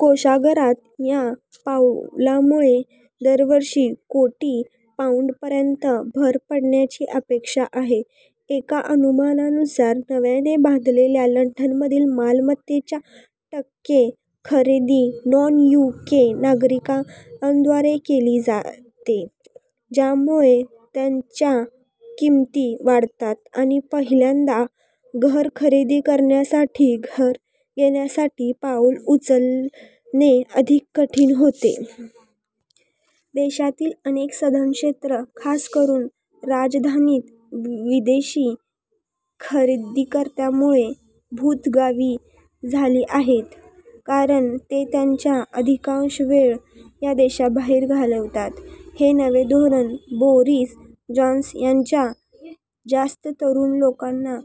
कोषागारात या पावलामुळे दरवर्षी कोटी पाउंड्सपर्यंत भर पडण्याची अपेक्षा आहे. एका अनुमानानुसार, नव्याने बांधलेल्या लंडनमधील मालमत्तांचच्या टक्के खरेदी नॉन-यूके नागरिकांद्वारा केली जाते, ज्यामुळे त्यांच्या किमती वाढतात आणि पहिल्यांदा घर खरेदी करणाऱ्यांसाठी घर घेण्यासाठी पाऊल उचलणे अधिक कठीण होते. देशातील अनेक सधन क्षेत्रे – खास करून राजधानीत – विदेशी खरेदीकर्त्यांमुळे "भूत गावे" झाली आहेत, कारण ते त्यांचा अधिकांश वेळ या देशाबाहेर घालवितात. हे नवे धोरण बोरिस जॉन्सन यांच्या जास्त तरुण लोकांना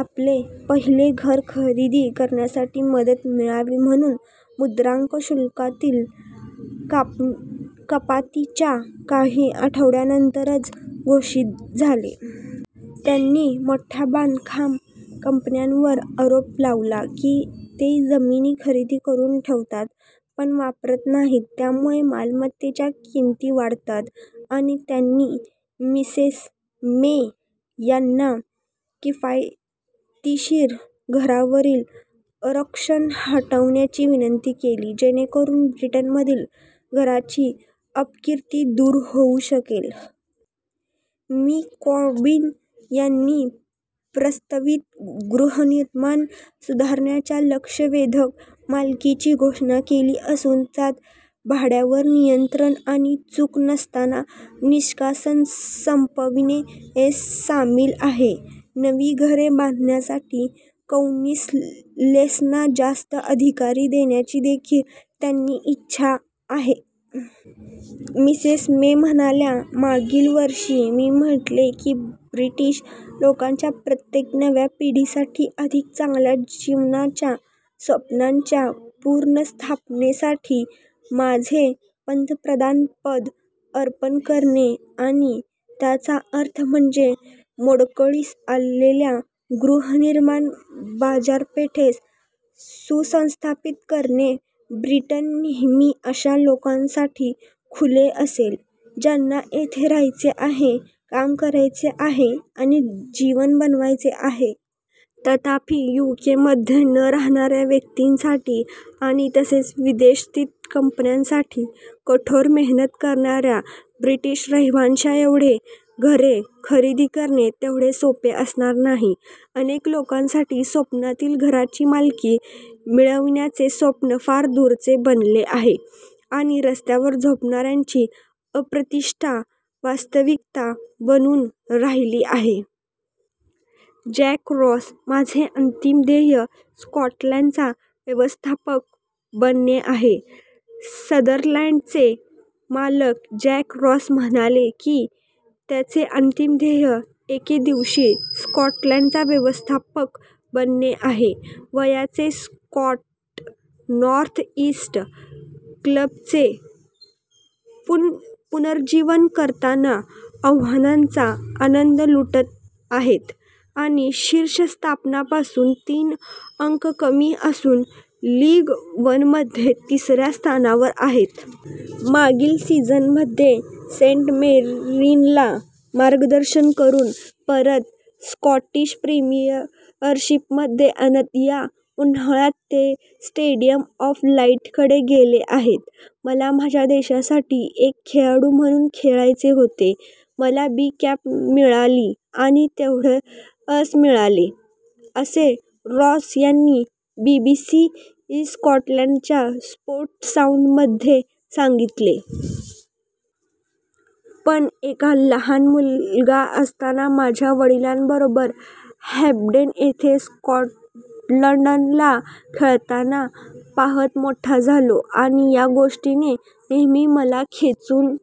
आपले पहिले घर खरेदी करण्यासाठी मदत मिळावी म्हणून मुद्रांक शुल्कातील कपातीच्या काही आठवड्यानंतरच घोषित झाले. त्यांनी मोठ्या बांधकाम कंपन्यांवर आरोप लावला की ते जमिनी खरेदी करून ठेवतात पण वापरत नाहीत त्यामुळे मालमत्तेच्या किमती वाढतात, आणि त्यांनी मिसेस मे यांना किफायतशीर घरांवरील आरक्षण हटविण्याची विनंती केली, जेणेकरून ब्रिटनमधील "घरांची अपकीर्ती" दूर होऊ शकेल. " मि. कॉर्बीन यांनी प्रस्तावित गृहनिर्माण सुधारणांच्या लक्षवेधक मालिकेची घोषणा केली असून, त्यात भाड्यावर नियंत्रण आणि "चूक नसताना" निष्कासन संपविणे सामील आहे. नवी घरे बांधण्यासाठी कौन्सिल्सना जास्त अधिकार देण्याची देखील त्यांची इच्छा आहे. मिसेस मे म्हणाल्या: "मागील वर्षी मी म्हटले की ब्रिटीश लोकांच्या प्रत्येक नव्या पिढीसाठी अधिक चांगल्या जीवनाच्या स्वप्नांच्या पुनर्स्थापनेसाठी माझे पंतप्रधानपद अर्पण करेन. आणि त्याचा अर्थ म्हणजे मोडकळीस आलेल्या गृहनिर्माण बाजारपेठेस सुस्थापित करणे. ब्रिटन नेहमी अशा लोकांसाठी खुले असेल ज्यांना येथे राहायचे आहे, काम करायचे आहे आणि जीवन बनवायचे आहे. तथापि, यूकेमध्ये न राहणाऱ्या व्यक्तींसाठी आणि तसेच विदेश-स्थित कंपन्यांसाठी कठोर मेहनत करणाऱ्या ब्रिटीश रहिवाश्यांएवढे घरे खरेदी करणे तेवढे सोपे असणार नाही. अनेक लोकांसाठी स्वप्नातील घराची मालकी मिळविण्याचे स्वप्न फार दूरचे बनले आहे, आणि रस्त्यावर झोपणाऱ्यांची अप्रतिष्ठा वास्तविकता बनून राहिली आहे. जॅक रॉस: "माझे अंतिम ध्येय स्कॉटलंडचा व्यवस्थापक बनणे आहे" संदरलँडचे मालक जॅक रॉस म्हणाले की त्यांचे "अंतिम ध्येय" एके दिवशी स्कॉटलंडचा व्यवस्थापक बनणे आहे. वयाचे स्कॉट, नॉर्थ-इस्ट क्लबचे पुनरुज्जीवन करताना आव्हानांचा आनंद लुटत आहेत, आणि शीर्ष स्थानापासून तीन अंक कमी असून लीग वनमध्ये तिसऱ्या स्थानावर आहेत. मागील सीझनमध्ये सेंट मीरेनला मार्गदर्शन करून परत स्कॉटिश प्रीमियरशिपमध्ये आणत या उन्हाळ्यात ते स्टेडीयम ऑफ लाईटकडे गेले आहेत. "मला माझ्या देशासाठी एक खेळाडू म्हणून खेळायचे होते. मला बी कॅप मिळाली आणि तेवढेच मिळाले," असे रॉस यांनी बीबीसी स्कॉटलंडच्या स्पोर्ट्ससाऊंडमध्ये सांगितले. "पण एक लहान मुलगा असताना माझ्या वडिलांबरोबर हँपडेन येथे स्कॉटलंडला खेळताना पहात मोठा झालो, आणि या गोष्टीने नेहमी मला खेचून